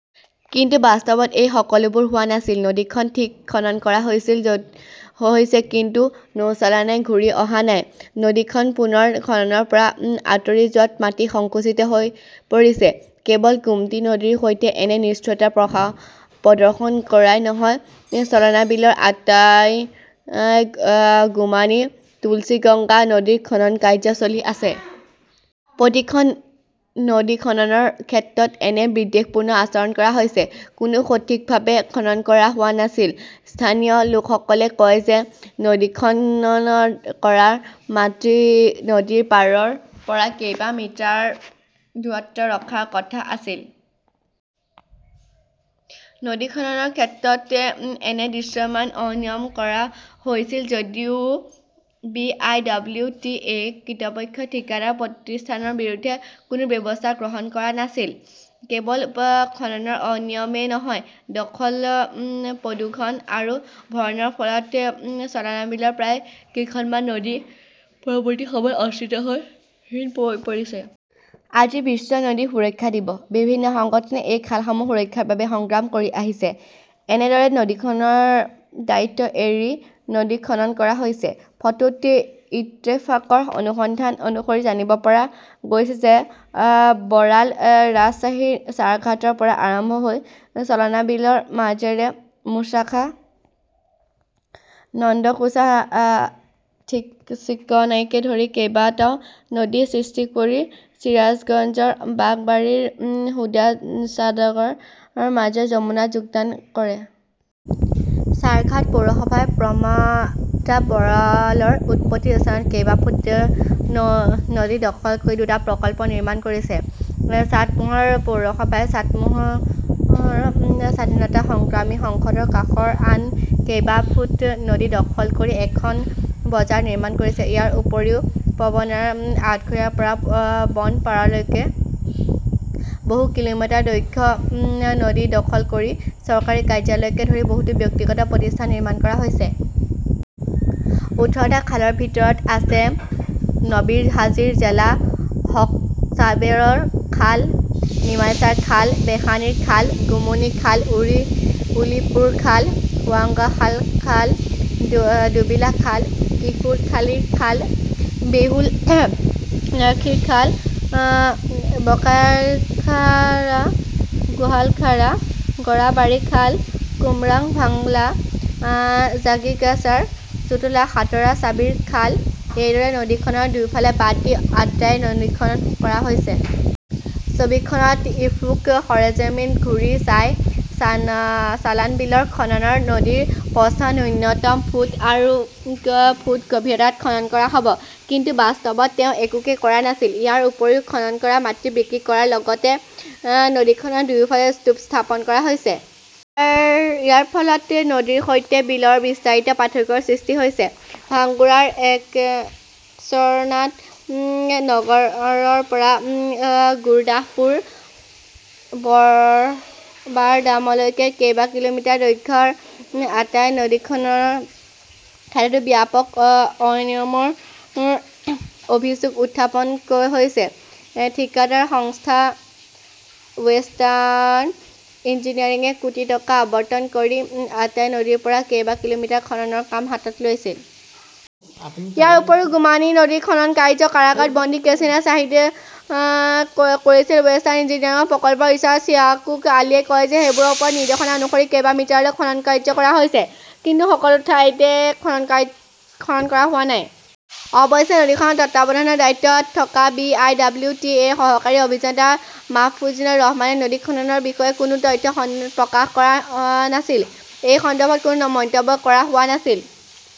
কিন্তু বাস্তৱত এই সকলোবোৰ হোৱা নাছিল। নদীখন ঠিক খনন কৰা হৈছে কিন্তু নৌচালনাই ঘূৰি অহা নাই । নদীখন পুনৰ খননৰ পৰা আঁতৰি যোৱাত মাটি সংকুচিত হৈ পৰিছে। কেৱল গোমতী নদীৰ সৈতে এনে নিষ্ঠুৰতা প্ৰদৰ্শন কৰাই নহয় চলানবিলৰ আট্ৰাই, গুমানী, তুলচিগঙ্গা নদীৰ খনন কাৰ্য চলি আছে। প্ৰতিখন নদী খননৰ ক্ষেত্ৰত এনে বিদ্বেষপূৰ্ণ আচৰণ কৰা হৈছে। কোনো নদী সঠিকভাৱে খনন কৰা হোৱা নাছিল। স্থানীয় লোকসকলে কয় যে নদীখন খনন কৰা মাটি নদীৰ পাৰৰ পৰা কেবা মিটাৰ দূৰত্বত ৰখাৰ কথা আছিল। নদী খননৰ ক্ষেত্ৰত এনে দৃশ্যমান অনিয়ম কৰা হৈছিল যদিও B. I. W. T. A. কৰ্তৃপক্ষই ঠিকাদাৰ প্ৰতিষ্ঠানৰ বিৰুদ্ধে কোনো ব্যৱস্থা গ্ৰহণ কৰা নাছিল। কেৱল খননৰ অনিয়মেই নহয়, দখল-প্ৰদূষণ আৰু ভৰণৰ ফলত চলানবিলৰ প্ৰায় কেইখন নদী পৰৱৰ্তী সময়ত অস্তিত্বহীন হৈ পৰিছে। আজি বিশ্ব নদী সুৰক্ষা দিৱস। বিভিন্ন সংগঠনে এই খালসমূহৰ সুৰক্ষাৰ বাবে সংগ্ৰাম কৰি আহিছে। এনেদৰেই নদীখনৰ দায়িত্ব এৰি নদী খনন কৰা হৈছে। ফটোত ইত্তেফাকৰ অনুসন্ধান অনুসৰি জানিব পৰা গৈছে যে বৰাল ৰাজশ্বাহীৰ চাৰঘাটৰ পৰা আৰম্ভ হৈ চলানবিলৰ মাজেৰে মুছাখা, নন্দকুজা, চিকনাইকে ধৰি কেইবাটাও নদীৰ সৃষ্টি কৰি চিৰাজগঞ্জৰ বাঘবাৰীৰ হুদাচাগৰৰ মাজেৰে যমুনাত যোগদান কৰে। চাৰঘাট পৌৰসভাই প্ৰমট্টা বৰালৰ উৎপত্তি স্থানত কেবা ফুট নদী দখল কৰি দুটা প্ৰকল্প নিৰ্মাণ কৰিছে। চাটমোহৰ পৌৰসভাই চাটমোহৰ স্বাধীনতা সংগ্ৰামী সংসদৰ কাষৰ আন কেবা ফুট নদী দখল কৰি এখন বজাৰ নিৰ্মাণ কৰিছে। ইয়াৰ উপৰিও পবনাৰ আটঘৰিয়াৰ পৰা বনপাৰালৈকে বহু কিলোমিটাৰ দৈৰ্ঘ্যৰ নদী দখল কৰি চৰকাৰী কাৰ্যালয়কে ধৰি বহুতো ব্যক্তিগত প্ৰতিষ্ঠান নিৰ্মাণ কৰা হৈছে। ওঠৰ টা খালৰ ভিতৰত আছে নবীৰহাজীৰ জোলা, হকছাহেবৰ খাল, নিমাইচাৰখাল, বেশানীৰখাল, গুমনীখাল, উলিপুৰখাল, সাঙ্গুৱাখাল, দোবিলাখাল, কিশোৰখালীৰ খাল, বেহুলৰখাড়ী, বাকাইখাড়া, গোহলখাড়া, গৰাবাৰী খাল, কুমাৰভাঙ্গাখাল, জানিগাছাৰ জোলা, সাত্টাৰ চাহিবৰ খাল । এনেদৰেই নদীখনৰ দুয়োফাল বাদ দি আট্ৰাই নদী খনন কৰা হৈছে। ছবিখনত ইত্তেফাক সৰেজমিন ঘূৰি চাই, চলানবিলৰ খনন নদীৰ প্ৰস্থ ন্যূনতম ফুট আৰু ফুট গভীৰতাত খনন কৰা হব। কিন্তু বাস্তৱত তেওঁ একো কৰা নাছিল। ইয়াৰ উপৰিও খনন কৰা মাটি বিক্ৰী কৰাৰ লগতে নদীখনৰ দুয়োফালে স্তূপ স্থাপন কৰা হৈছে। ইয়াৰ ফলত নদীৰ সৈতে বিলৰ বিস্তাৰিত পাৰ্থক্যৰ সৃষ্টি হৈছে। ভাঙ্গুৰাৰ এৰশ্বাদ নগৰৰ পৰা গুৰদাসপুৰ ৰবাৰডামলৈকে কেবা কিলোমিটাৰ দৈৰ্ঘ্যৰ আট্ৰাই নদীৰ খননৰ ক্ষেত্ৰতো ব্যাপক অনিয়মৰ অভিযোগ উত্থাপন হৈছে। ঠিকাদাৰ সংস্থা ৱেষ্টাৰ্ণ ইঞ্জিনিয়াৰিঙে কোটি টকা আবণ্টন কৰি আট্ৰাই নদীৰ পৰা কেবা কিলোমিটাৰ খননৰ কাম হাতত লৈছিল। ইয়াৰ উপৰিও গুমানী নদীৰ খনন কাৰ্য কাৰাগাৰত বন্দী কেছিনো শ্বাহেদে কৰিছিল। ৱেষ্টাৰ্ণ ইঞ্জিনিয়াৰিংৰ প্ৰকল্প ইচাৰ্জ ইয়াকুব আলীয়ে কয় যে সেইবোৰ ওপৰৰ নিৰ্দেশনা অনুসৰি কেবা মিটাৰলৈ খনন কৰা হৈছে। কিন্তু সকলো ঠাইতে খনন কৰা হোৱা নাই। অৱশ্যে, নদী খননৰ তত্বাৱধানৰ দায়িত্বত থকা B. I. W. T. A. ৰ সহকাৰী অভিযন্তা মাহফুজুৰ ৰহমানে নদী খননৰ বিষয়ে কোনো তথ্য প্ৰকাশ কৰা নাছিল। এই সন্দৰ্ভত কোনো মন্তব্য কৰা হোৱা নাছিল।